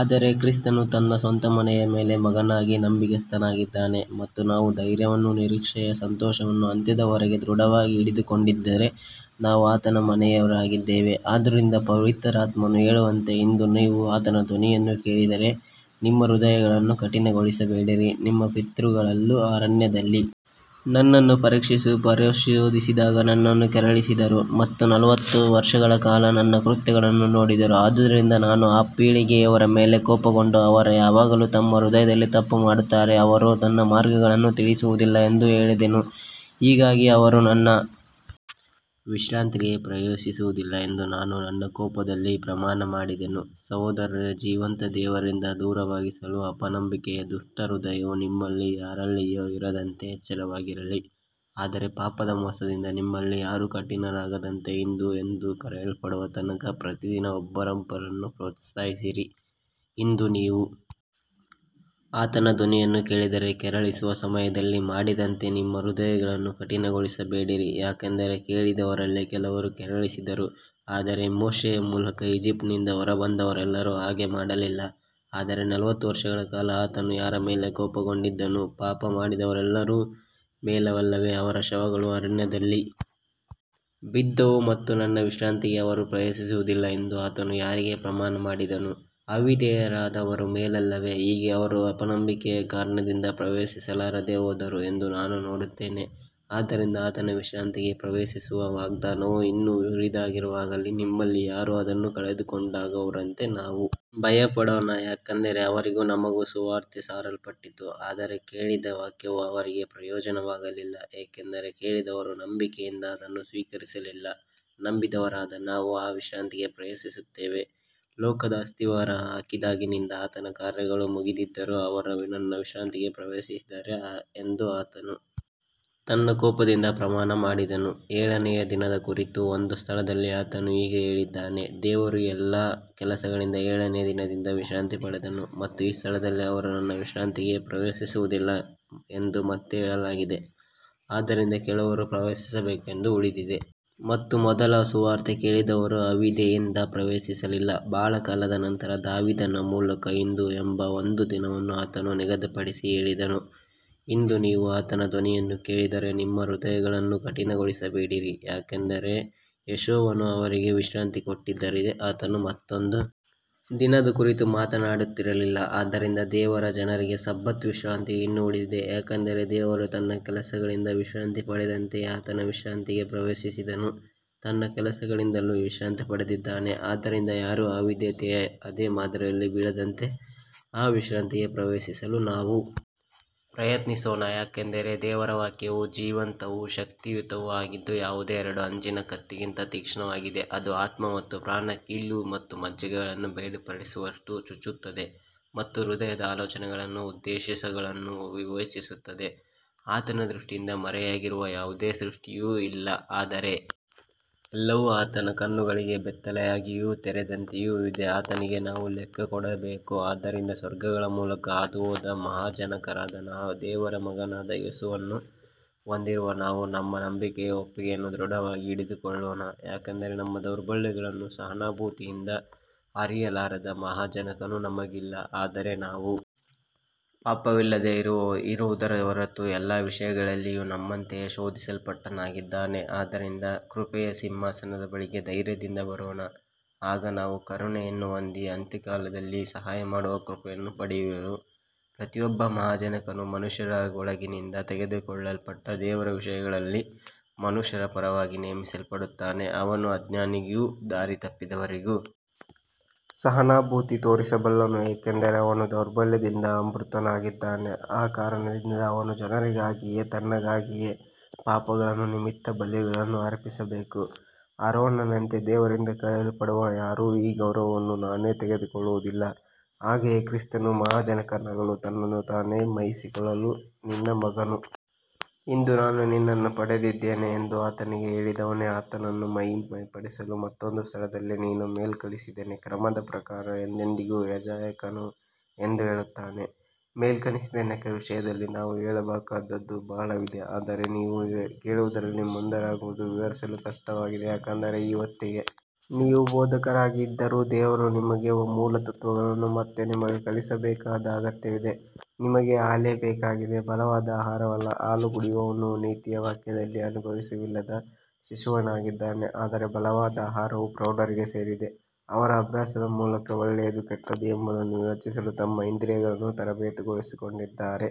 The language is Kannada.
ಆದರೆ ಕ್ರಿಸ್ತನು ತನ್ನ ಸ್ವಂತ ಮನೆಯ ಮೇಲೆ ಮಗನಾಗಿ ನಂಬಿಗಸ್ತನಾಗಿದ್ದಾನೆ ಮತ್ತು ನಾವು ಧೈರ್ಯವನ್ನೂ ನಿರೀಕ್ಷೆಯ ಸಂತೋಷವನ್ನೂ ಅಂತ್ಯದವರೆಗೆ ದೃಢವಾಗಿ ಹಿಡಿದುಕೊಂಡಿದ್ದರೆ ನಾವು ಆತನ ಮನೆಯವರಾಗಿದ್ದೇವೆ ಆದುದರಿಂದ ಪವಿತ್ರಾತ್ಮನು ಹೇಳುವಂತೆ ಇಂದು ನೀವು ಆತನ ಧ್ವನಿಯನ್ನು ಕೇಳಿದರೆ ನಿಮ್ಮ ಹೃದಯಗಳನ್ನು ಕಠಿಣಗೊಳಿಸಬೇಡಿರಿ ನಿಮ್ಮ ಪಿತೃಗಳು ಅರಣ್ಯದಲ್ಲಿ ನನ್ನನ್ನು ಪರೀಕ್ಷಿಸಿ ಪರಿಶೋಧಿಸಿದಾಗ ನನ್ನನ್ನು ಕೆರಳಿಸಿದರು ಮತ್ತು ನಲವತ್ತು ವರ್ಷಗಳ ಕಾಲ ನನ್ನ ಕೃತ್ಯಗಳನ್ನು ನೋಡಿದರು ಆದುದರಿಂದ ನಾನು ಆ ಪೀಳಿಗೆಯವರ ಮೇಲೆ ಕೋಪಗೊಂಡು ಅವರು ಯಾವಾಗಲೂ ತಮ್ಮ ಹೃದಯದಲ್ಲಿ ತಪ್ಪುಮಾಡುತ್ತಾರೆ ಮತ್ತು ಅವರು ನನ್ನ ಮಾರ್ಗಗಳನ್ನು ತಿಳಿದಿಲ್ಲ ಎಂದು ಹೇಳಿದೆನು ಹೀಗಾಗಿ ಅವರು ನನ್ನ ವಿಶ್ರಾಂತಿಗೆ ಪ್ರವೇಶಿಸುವುದಿಲ್ಲ ಎಂದು ನಾನು ನನ್ನ ಕೋಪದಲ್ಲಿ ಪ್ರಮಾಣಮಾಡಿದೆನು ಸಹೋದರರೇ ಜೀವಂತ ದೇವರಿಂದ ದೂರವಾಗಿಸುವ ಅಪನಂಬಿಕೆಯ ದುಷ್ಟ ಹೃದಯವು ನಿಮ್ಮಲ್ಲಿ ಯಾರಲ್ಲಿಯೂ ಇರದಂತೆ ಎಚ್ಚರಿಕೆಯಾಗಿರಿ ಆದರೆ ಪಾಪದ ಮೋಸದಿಂದ ನಿಮ್ಮಲ್ಲಿ ಯಾರೂ ಕಠಿಣರಾಗದಂತೆ ಇಂದು ಎಂದು ಕರೆಯಲ್ಪಡುವ ತನಕ ಪ್ರತಿದಿನ ಒಬ್ಬರನ್ನೊಬ್ಬರು ಪ್ರೋತ್ಸಾಹಿಸಿರಿ ಇಂದು ನೀವು ಆತನ ಧ್ವನಿಯನ್ನು ಕೇಳಿದರೆ ಕೆರಳಿಸುವ ಸಮಯದಲ್ಲಿ ಮಾಡಿದಂತೆ ನಿಮ್ಮ ಹೃದಯಗಳನ್ನು ಕಠಿಣಗೊಳಿಸಬೇಡಿರಿ ಯಾಕಂದರೆ ಕೇಳಿದವರಲ್ಲಿ ಕೆಲವರು ಕೆರಳಿಸಿದರು ಆದರೆ ಮೋಶೆಯ ಮೂಲಕ ಈಜಿಪ್ಟಿನಿಂದ ಹೊರಬಂದವರೆಲ್ಲರೂ ಹಾಗೆ ಮಾಡಲಿಲ್ಲ ಆದರೆ ನಲವತ್ತು ವರ್ಷಗಳ ಕಾಲ ಆತನು ಯಾರ ಮೇಲೆ ಕೋಪಗೊಂಡಿದ್ದನು ಪಾಪಮಾಡಿದವರ ಮೇಲಲ್ಲವೇ ಅವರ ಶವಗಳು ಅರಣ್ಯದಲ್ಲಿ ಬಿದ್ದವು ಮತ್ತು ನನ್ನ ವಿಶ್ರಾಂತಿಗೆ ಅವರು ಪ್ರವೇಶಿಸುವುದಿಲ್ಲ ಎಂದು ಆತನು ಯಾರಿಗೆ ಪ್ರಮಾಣಮಾಡಿದನು ಅವಿಧೇಯರಾದವರ ಮೇಲಲ್ಲವೇ ಹೀಗೆ ಅವರು ಅಪನಂಬಿಕೆಯ ಕಾರಣದಿಂದ ಪ್ರವೇಶಿಸಲಾರದೆ ಹೋದರು ಎಂದು ನಾವು ನೋಡುತ್ತೇವೆ ಆದ್ದರಿಂದ ಆತನ ವಿಶ್ರಾಂತಿಗೆ ಪ್ರವೇಶಿಸುವ ವಾಗ್ದಾನವು ಇನ್ನೂ ಉಳಿದಿರುವಾಗ ನಿಮ್ಮಲ್ಲಿ ಯಾರೂ ಅದನ್ನು ಕಳೆದುಕೊಂಡವರಾಗದಂತೆ ನಾವು ಭಯಪಡೋಣ ಯಾಕಂದರೆ ಅವರಿಗೂ ನಮಗೂ ಸುವಾರ್ತೆ ಸಾರಲ್ಪಟ್ಟಿತು ಆದರೆ ಕೇಳಿದ ವಾಕ್ಯವು ಅವರಿಗೆ ಪ್ರಯೋಜನವಾಗಲಿಲ್ಲ ಏಕೆಂದರೆ ಕೇಳಿದವರು ನಂಬಿಕೆಯಿಂದ ಅದನ್ನು ಸ್ವೀಕರಿಸಲಿಲ್ಲ ನಂಬಿದವರಾದ ನಾವು ಆ ವಿಶ್ರಾಂತಿಗೆ ಪ್ರವೇಶಿಸುತ್ತೇವೆ ಲೋಕದ ಅಸ್ತಿವಾರ ಹಾಕಿದಾಗಿನಿಂದ ಆತನ ಕಾರ್ಯಗಳು ಮುಗಿದಿದ್ದರೂ ಅವರು ನನ್ನ ವಿಶ್ರಾಂತಿಗೆ ಪ್ರವೇಶಿಸಿದರೆ ಎಂದು ಆತನು ತನ್ನ ಕೋಪದಲ್ಲಿ ಪ್ರಮಾಣಮಾಡಿದನು ಏಳನೆಯ ದಿನದ ಕುರಿತು ಒಂದು ಸ್ಥಳದಲ್ಲಿ ಆತನು ಹೀಗೆ ಹೇಳಿದ್ದಾನೆ ದೇವರು ತನ್ನ ಎಲ್ಲಾ ಕೆಲಸಗಳಿಂದ ಏಳನೆಯ ದಿನದಲ್ಲಿ ವಿಶ್ರಾಂತಿ ಪಡೆದನು ಮತ್ತು ಈ ಸ್ಥಳದಲ್ಲಿ ಅವರು ನನ್ನ ವಿಶ್ರಾಂತಿಗೆ ಪ್ರವೇಶಿಸುವುದಿಲ್ಲ ಎಂದು ಮತ್ತೆ ಹೇಳಲಾಗಿದೆ ಆದ್ದರಿಂದ ಕೆಲವರು ಪ್ರವೇಶಿಸಬೇಕೆಂದು ಉಳಿದಿದೆ ಮತ್ತು ಮೊದಲು ಸುವಾರ್ತೆ ಕೇಳಿದವರು ಅವಿಧೇಯತೆಯಿಂದ ಪ್ರವೇಶಿಸಲಿಲ್ಲ ಬಹಳ ಕಾಲದ ನಂತರ ದಾವೀದನ ಮೂಲಕ ಇಂದು ಎಂಬ ಒಂದು ದಿನವನ್ನು ಆತನು ನಿಗದಿಪಡಿಸಿ ಹೇಳಿದನು ಇಂದು ನೀವು ಆತನ ಧ್ವನಿಯನ್ನು ಕೇಳಿದರೆ ನಿಮ್ಮ ಹೃದಯಗಳನ್ನು ಕಠಿಣಗೊಳಿಸಬೇಡಿರಿ ಯಾಕಂದರೆ ಯೆಹೋಶುವನು ಅವರಿಗೆ ವಿಶ್ರಾಂತಿ ಕೊಟ್ಟಿದ್ದರೆ ಆತನು ಮತ್ತೊಂದು ದಿನದ ಕುರಿತು ಮಾತನಾಡುತ್ತಿರಲಿಲ್ಲ ಆದ್ದರಿಂದ ದೇವರ ಜನರಿಗೆ ಸಬ್ಬತ್ ವಿಶ್ರಾಂತಿಯು ಇನ್ನೂ ಉಳಿದಿದೆ ಯಾಕಂದರೆ ದೇವರು ತನ್ನ ಕೆಲಸಗಳಿಂದ ವಿಶ್ರಾಂತಿ ಪಡೆದಂತೆಯೇ ಆತನ ವಿಶ್ರಾಂತಿಗೆ ಪ್ರವೇಶಿಸಿದವನು ತನ್ನ ಕೆಲಸಗಳಿಂದಲೂ ವಿಶ್ರಾಂತಿ ಪಡೆದಿದ್ದಾನೆ ಆದ್ದರಿಂದ ಯಾರೂ ಅವಿಧೇಯತೆಯ ಅದೇ ಮಾದರಿಯಲ್ಲಿ ಬೀಳದಂತೆ ಆ ವಿಶ್ರಾಂತಿಗೆ ಪ್ರವೇಶಿಸಲು ನಾವು ಪ್ರಯತ್ನಿಸೋಣ ಯಾಕಂದರೆ ದೇವರ ವಾಕ್ಯವು ಜೀವಂತವೂ ಶಕ್ತಿಯುತವೂ ಆಗಿದ್ದು ಯಾವುದೇ ಎರಡು ಅಂಚಿನ ಕತ್ತಿಗಿಂತ ತೀಕ್ಷ್ಣವಾಗಿದೆ ಅದು ಆತ್ಮ ಮತ್ತು ಪ್ರಾಣ ಕೀಲು ಮತ್ತು ಮಜ್ಜೆಗಳನ್ನು ಬೇರ್ಪಡಿಸುವಷ್ಟು ಚುಚ್ಚುತ್ತದೆ ಮತ್ತು ಹೃದಯದ ಆಲೋಚನೆಗಳನ್ನೂ ಉದ್ದೇಶಗಳನ್ನೂ ವಿವೇಚಿಸುತ್ತದೆ ಆತನ ದೃಷ್ಟಿಯಿಂದ ಮರೆಯಾಗಿರುವ ಯಾವುದೇ ಸೃಷ್ಟಿಯೂ ಇಲ್ಲ ಆದರೆ ಎಲ್ಲವೂ ಆತನ ಕಣ್ಣುಗಳಿಗೆ ಬೆತ್ತಲೆಯಾಗಿಯೂ ತೆರೆದಂತೆಯೂ ಇವೆ ಆತನಿಗೇ ನಾವು ಲೆಕ್ಕಕೊಡಬೇಕು ಆದ್ದರಿಂದ ಸ್ವರ್ಗಗಳ ಮೂಲಕ ಹಾದುಹೋದ ಮಹಾಯಾಜಕನಾದ ದೇವರ ಮಗನಾದ ಯೇಸುವನ್ನು ಹೊಂದಿರುವ ನಾವು ನಮ್ಮ ನಂಬಿಕೆಯ ಒಪ್ಪಿಗೆಯನ್ನು ದೃಢವಾಗಿ ಹಿಡಿದುಕೊಳ್ಳೋಣ ಯಾಕಂದರೆ ನಮ್ಮ ದೌರ್ಬಲ್ಯಗಳನ್ನು ಸಹಾನುಭೂತಿಯಿಂದ ಅರಿಯಲಾರದ ಮಹಾಯಾಜಕನು ನಮಗಿಲ್ಲ ಆದರೆ ನಾವು ಪಾಪವಿಲ್ಲದೆ ಇರುವುದರ ಹೊರತು ಎಲ್ಲ ವಿಷಯಗಳಲ್ಲಿಯೂ ನಮ್ಮಂತೆಯೇ ಶೋಧಿಸಲ್ಪಟ್ಟವನಾಗಿದ್ದಾನೆ ಆದ್ದರಿಂದ ಕೃಪೆಯ ಸಿಂಹಾಸನದ ಬಳಿಗೆ ಧೈರ್ಯದಿಂದ ಬರೋಣ ಆಗ ನಾವು ಕರುಣೆಯನ್ನು ಹೊಂದಿ ಅಗತ್ಯಕಾಲದಲ್ಲಿ ಸಹಾಯಮಾಡುವ ಕೃಪೆಯನ್ನು ಪಡೆಯುವೆವು ಪ್ರತಿಯೊಬ್ಬ ಮಹಾಯಾಜಕನೂ ಮನುಷ್ಯರೊಳಗಿಂದ ತೆಗೆದುಕೊಳ್ಳಲ್ಪಟ್ಟು ದೇವರ ವಿಷಯಗಳಲ್ಲಿ ಮನುಷ್ಯರ ಪರವಾಗಿ ನೇಮಿಸಲ್ಪಡುತ್ತಾನೆ ಅವನು ಅಜ್ಞಾನಿಗಳಿಗೂ ದಾರಿತಪ್ಪಿದವರಿಗೂ ಸಹಾನುಭೂತಿ ತೋರಿಸಬಲ್ಲನು ಏಕೆಂದರೆ ಅವನೂ ದೌರ್ಬಲ್ಯದಿಂದ ಆವೃತನಾಗಿದ್ದಾನೆ ಈ ಕಾರಣದಿಂದ ಅವನು ಜನರಿಗಾಗಿಯೂ ತನ್ನಿಗಾಗಿಯೂ ಪಾಪಗಳ ನಿಮಿತ್ತ ಬಲಿಗಳನ್ನು ಅರ್ಪಿಸಬೇಕು ಆರೋನನಂತೆ ದೇವರಿಂದ ಕರೆಯಲ್ಪಟ್ಟವನಲ್ಲದೆ ಯಾರೂ ಈ ಗೌರವವನ್ನು ತಾನೇ ತೆಗೆದುಕೊಳ್ಳುವುದಿಲ್ಲ ಹಾಗೆಯೇ ಕ್ರಿಸ್ತನು ಮಹಾಯಾಜಕನಾಗಲು ತನ್ನನ್ನು ತಾನೇ ಮಹಿಮೆಪಡಿಸಿಕೊಳ್ಳಲಿಲ್ಲ ಆದರೆ ನೀನು ನನ್ನ ಮಗನು ಇಂದು ನಾನು ನಿನ್ನನ್ನು ಪಡೆದಿದ್ದೇನೆ ಎಂದು ಆತನಿಗೆ ಹೇಳಿದವನೇ ಆತನನ್ನು ಮಹಿಮೆಪಡಿಸಿದನು ಮತ್ತೊಂದು ಸ್ಥಳದಲ್ಲಿ ನೀನು ಮೆಲ್ಕಿಸೆದೇಕನ ಕ್ರಮದ ಪ್ರಕಾರ ಎಂದೆಂದಿಗೂ ಯಾಜಕನು ಎಂದು ಹೇಳುತ್ತಾನೆ ಮೆಲ್ಕಿಸೆದೇಕನ ವಿಷಯದಲ್ಲಿ ನಾವು ಹೇಳಬೇಕಾದದ್ದು ಬಹಳವಿದೆ ಆದರೆ ನೀವು ಕೇಳುವುದರಲ್ಲಿ ಮಂದರಾಗಿರುವುದರಿಂದ ವಿವರಿಸಲು ಕಷ್ಟವಾಗಿದೆ ಯಾಕಂದರೆ ಈ ಹೊತ್ತಿಗೆ ನೀವು ಬೋಧಕರಾಗಿರಬೇಕಾಗಿದ್ದರೂ ದೇವರ ವಾಕ್ಯಗಳ ಮೂಲತತ್ತ್ವಗಳನ್ನು ಮತ್ತೆ ನಿಮಗೆ ಕಲಿಸಬೇಕಾದ ಅಗತ್ಯವಿದೆ ನಿಮಗೆ ಹಾಲೇ ಬೇಕಾಗಿದೆ ಬಲವಾದ ಆಹಾರವಲ್ಲ ಹಾಲು ಕುಡಿಯುವವನು ನೀತಿಯ ವಾಕ್ಯದಲ್ಲಿ ಅನುಭವವಿಲ್ಲದ ಶಿಶುವಾಗಿದ್ದಾನೆ ಆದರೆ ಬಲವಾದ ಆಹಾರವು ಪ್ರೌಢರಿಗೆ ಸೇರಿದೆ ಅವರು ಅಭ್ಯಾಸದ ಮೂಲಕ ಒಳ್ಳೆಯದು ಕೆಟ್ಟದ್ದು ಎಂಬುದನ್ನು ವಿವೇಚಿಸಲು ತಮ್ಮ ಇಂದ್ರಿಯಗಳನ್ನು ತರಬೇತುಗೊಳಿಸಿಕೊಂಡಿದ್ದಾರೆ